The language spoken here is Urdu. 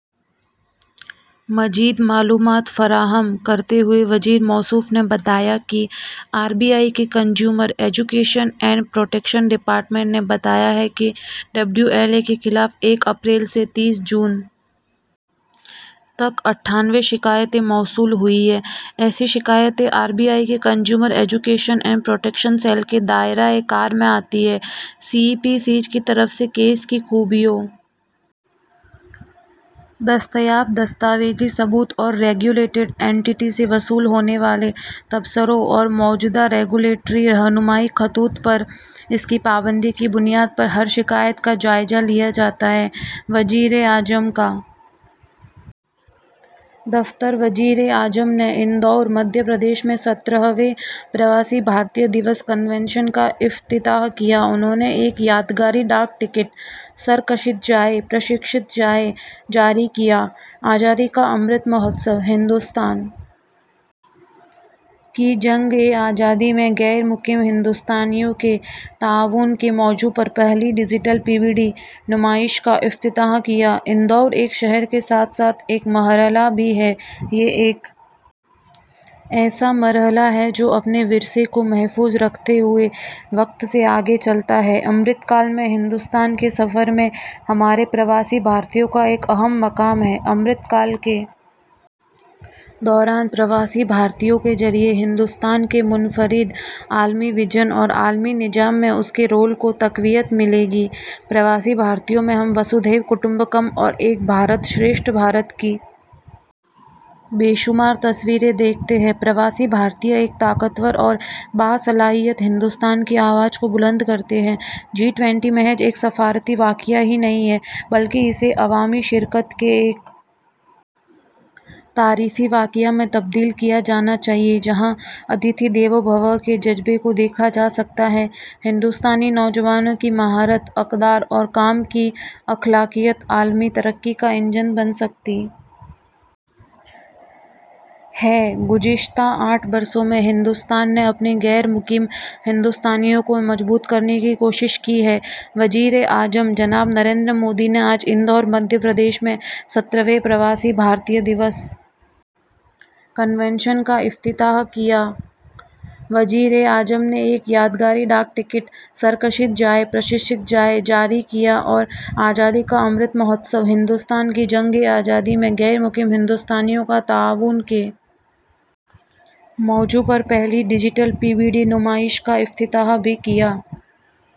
مزید معلومات فراہم کرتے ہوئے وزیر موصوف نے بتایا کہ آر بی آئی کے consumer education and protection department نے بتایا ہے کہ ڈبلیو ایل اے کے خلاف ایک اپریل سے تیس جون تک اٹھانوے شکایات موصول ہوئی ہیں ایسی شکایات آر بی آئی کے consumer education and protection cell کے دائرہ کار میں آتی ہیں سی ای پی سیز کی طرف سے کیس کی خوبیوں دستیاب دستاویزی ثبوت اور ریگولیٹڈ اینٹیٹی سے موصول ہونے والے تبصروں اور موجودہ ریگولیٹری رہنما خطوط پر اس کی پابندی کی بنیاد پر ہر شکایت کا جائزہ لیا جاتا ہے وزیر اعظم کا دفتر وزیر اعظم نے اندور مدھیہ پردیش میں سترہویں پرواسی بھارتیہ دِوس کنونشن کا افتتاح کیا انہوں نے ایک یادگاری ڈاک ٹکٹ سرکشت جائیں پرشکشت جائیں جاری کیا آزادی کا امرت مہوتسو ہندوستان کی جنگ آزادی میں غیر مقیم ہندوستانیوں کا تعاون کے موضوع پر پہلی ڈیجیٹل پی بی ڈی نمائش کا افتتاح کیا اندور ایک شہر کے ساتھ ساتھ ایک مرحلہ بھی ہے یہ ایک ایسا مرحلہ ہے جو اپنے ورثے کو محفوظ رکھتے ہوئے وقت سے آگے چلتا ہے امرت کال میں ہندوستان کے سفر میں ہمارے پرواسی بھارتیوں کا ایک اہم مقام ہے امرت کال کے دوران پرواسی بھارتیوں کے ذریعہ ہندوستان کے منفرد عالمی وژن اور عالمی نظام میں اس کے رول کو تقویت ملے گی پرواسی بھارتیوں میں ہم وسودھیو کٹمبکم اور ایک بھارت شریشٹھ بھارت کی بے شمار تصاویر دیکھتے ہیں پرواسی بھارتیہ ایک طاقتور اور باصلاحیت ہندوستان کی آواز کو بلند کرتے ہیں جی ٹوئنٹی محض ایک سفارتی واقعہ ہی نہیں ہے بلکہ اسے عوامی شرکت کے ایک تاریخی واقعہ میں تبدیل کیا جانا چاہیے جہاں اتیتھی دیوو بھوا کے جذبے کو دیکھا جا سکتا ہے ہندوستانی نوجوانوں کی مہارت اقدار اور کام کی اخلاقیات عالمی ترقی کا انجن بن سکتی ہیں گزشتہ آٹھ برسوں میں ہندوستان نے اپنے غیر مقیم ہندوستانیوں کو مضبوط کرنے کی کوشش کی ہے وزیر اعظم جناب نریندر مودی نے آج اندور مدھیہ پردیش میں سترہویں پرواسی بھارتیہ دِوس کنونشن کا افتتاح کیا وزیر اعظم نے ایک یادگاری ڈاک ٹکٹ سرکشت جائیں پرشکشت جائیں جاری کیا اور آزادی کا امرت مہوتسو ہندوستان کی جنگ آزادی میں غیر مقیم ہندوستانیوں کا تعاون کے موضوع پر پہلی ڈیجیٹل پی بی ڈی نمائش کا افتتاح بھی کیا